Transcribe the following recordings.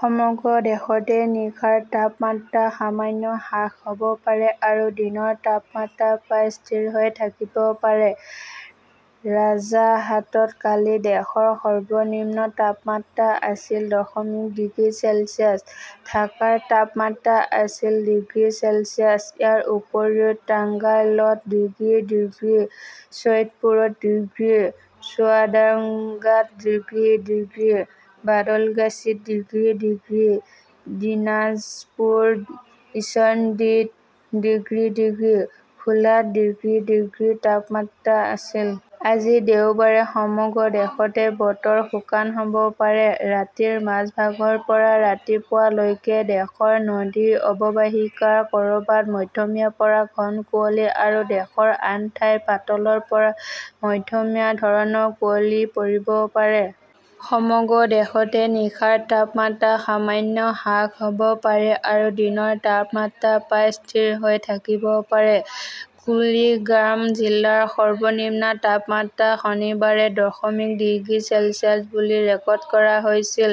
সমগ্ৰ দেশতে নিশাৰ তাপমাত্ৰা সামান্য হ্ৰাস হ "ব পাৰে আৰু দিনৰ তাপমাত্ৰা প্ৰায় স্থিৰ হৈ থাকিব পাৰে। ৰাজাৰহাটত কালি দেশৰ সৰ্বনিম্ন তাপমাত্ৰা আছিল দশমিক ডিগ্ৰী চেলছিয়াছ। ঢাকাৰ তাপমাত্ৰা আছিল ডিগ্ৰী চেলছিয়াছ। ইয়াৰ উপৰিও টাঙ্গাইলত ডিগ্ৰী ডিগ্ৰী, চৈয়দপুৰত ডিগ্ৰী, চুৱাদাঙ্গাত ডিগ্ৰী ডিগ্ৰী, বাদলগাচীত ডিগ্ৰী ডিগ্ৰী, দিনাজপুৰ, ঈশ্বৰদীত ডিগ্ৰী ডিগ্ৰী, ভোলাত ডিগ্ৰী ডিগ্ৰী তাপমাত্ৰা আছিল। আজি দেওবাৰে সমগ্ৰ দেশতে বতৰ শুকান হ "ব পাৰে। ৰাতিৰ মাজভাগৰ পৰা ৰাতিপুৱা লৈকে দেশৰ নদী অৱবাহিকাৰ ক "ৰবাত মধ্যমীয়াৰ পৰা ঘন কুঁৱলী আৰু দেশৰ আন ঠাইত পাতলৰ পৰা মধ্যমীয়া ধৰণৰ কুঁৱলী পৰিব পাৰে। সমগ্ৰ দেশতে নিশাৰ তাপমাত্ৰা সামান্য হ্ৰাস হ "ব পাৰে আৰু দিনৰ তাপমাত্ৰা প্ৰায় স্থিৰ হৈ থাকিব পাৰে। কুৰিগ্ৰাম জিলাৰ সৰ্বনিম্ন তাপমাত্ৰা শনিবাৰে দশমিক ডিগ্ৰী চেলছিয়াছ বুলি ৰেকৰ্ড কৰা হৈছিল,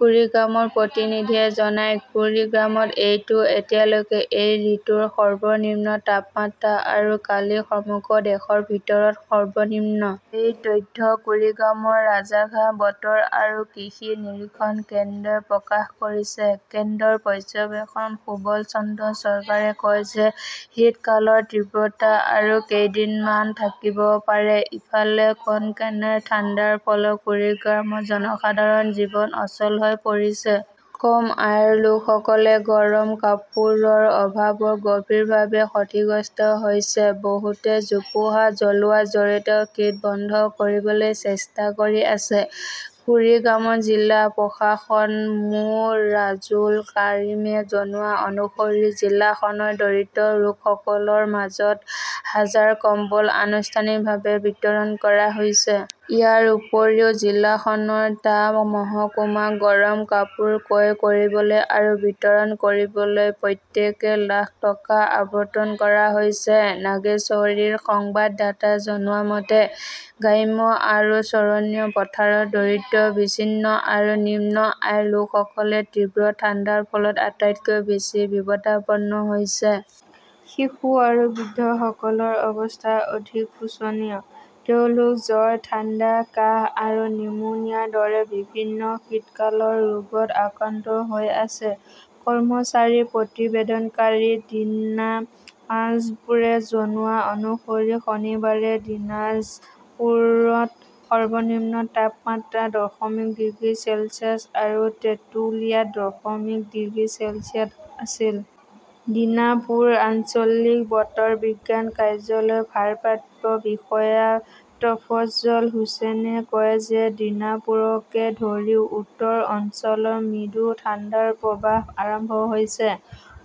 কুৰিগ্ৰামৰ প্ৰতিনিধিয়ে জনায়। কুৰিগ্ৰামত এইটো এতিয়ালৈকে এই ঋতুৰ সৰ্বনিম্ন তাপমাত্ৰা আৰু কালি সমগ্ৰ দেশৰ ভিতৰত সৰ্বনিম্ন। এই তথ্য কুৰিগ্ৰামৰ ৰাজাৰহাট বতৰ আৰু কৃষি নিৰীক্ষণ কেন্দ্ৰই প্ৰকাশ কৰিছে। কেন্দ্ৰৰ পৰ্যবেক্ষক সুবল চন্দ্ৰ চৰকাৰে কয় যে শীতকালৰ তীব্ৰতা আৰু কেইদিনমান থাকিব পাৰে। ইফালে, কনকনেৰ ঠাণ্ডাৰ ফলত কুৰিগ্ৰামৰ জনসাধাৰণৰ জীৱন অচল হৈ পৰিছে। কম আয়ৰ লোকসকলে গৰম কাপোৰৰ অভাৱত গভীৰভাৱে ক্ষতিগ্ৰস্ত হৈছে। বহুতে জোপোহা জ্বলোৱাৰ জৰিয়তে শীত বন্ধ কৰিবলৈ চেষ্টা কৰি আছে। কুৰিগ্ৰামৰ জিলা প্ৰশাসক মো. ৰাজৌল কাৰিমে জনোৱা অনুসৰি জিলাখনৰ দৰিদ্ৰ লোকসকলৰ মাজত হাজাৰ কম্বল আনুষ্ঠানিকভাৱে বিতৰণ কৰা হৈছে। ইয়াৰ উপৰিও জিলাখনৰ টা মহকুমাত গৰম কাপোৰ ক্ৰয় কৰিবলৈ আৰু বিতৰণ কৰিবলৈ প্ৰত্যেককে লাখ টকা আবণ্টন কৰা হৈছে। নাগেশ্বৰী ৰ সংবাদদাতাই জনোৱা মতে, গ্ৰাম্য আৰু চৰণীয়া পথাৰৰ দৰিদ্ৰ, বিচ্ছিন্ন আৰু নিম্ন আয়ৰ লোকসকলে তীব্ৰ ঠাণ্ডাৰ ফলত আটাইতকৈ বেছি বিপদাপন্ন হৈছে। শিশু আৰু বৃদ্ধসকলৰ অৱস্থা অধিক শোচনীয়। তেওঁলোক জ্বৰ, ঠাণ্ডা, কাহ আৰু নিউমোনিয়াৰ দৰে বিভিন্ন শীতকালৰ ৰোগত আক্ৰান্ত হৈ আছে। কৰ্মচাৰী প্ৰতিবেদনকাৰী দিনাজপুৰে জনোৱা অনুসৰি শনিবাৰে দিনাজপুৰত সৰ্বনিম্ন তাপমাত্ৰা দশমিক ডিগ্ৰী চেলছিয়াছ আৰু তেঁতুলিয়াত দশমিক ডিগ্ৰী চেলছিয়াছ আছিল। দীনাপুৰ আঞ্চলিক বতৰ বিজ্ঞান কাৰ্যালয়ৰ ভাৰপ্ৰাপ্ত বিষয়া টফাজ্জল হুচেইনে কয় যে দীনাপুৰকে ধৰি উত্তৰ অঞ্চলত মৃদু ঠাণ্ডাৰ প্ৰৱাহ আৰম্ভ হৈছে।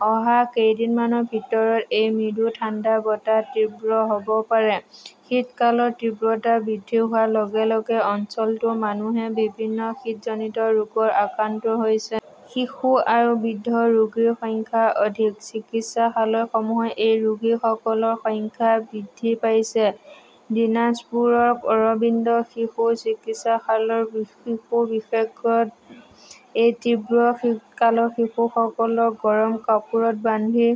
অহা কেইদিনমানৰ ভিতৰত এই মৃদু ঠাণ্ডা বতাহ তীব্ৰ হ "ব পাৰে। শীতকালৰ তীব্ৰতা বৃদ্ধি হোৱাৰ লগে লগে অঞ্চলটোত মানুহে বিভিন্ন শীতজনিত ৰোগত আক্ৰান্ত হৈছে। শিশু আৰু বৃদ্ধ ৰোগীৰ সংখ্যা অধিক। চিকিৎসালয়সমূহত এই ৰোগীসকলৰ সংখ্যা বৃদ্ধি পাইছে। দিনাজপুৰৰ অৰবিন্দ শিশু চিকিৎসালয়ৰ শিশু বিশেষজ্ঞ ড। এই তীব্ৰ শীতকালত শিশুসকলক গৰম কাপোৰত বান্ধি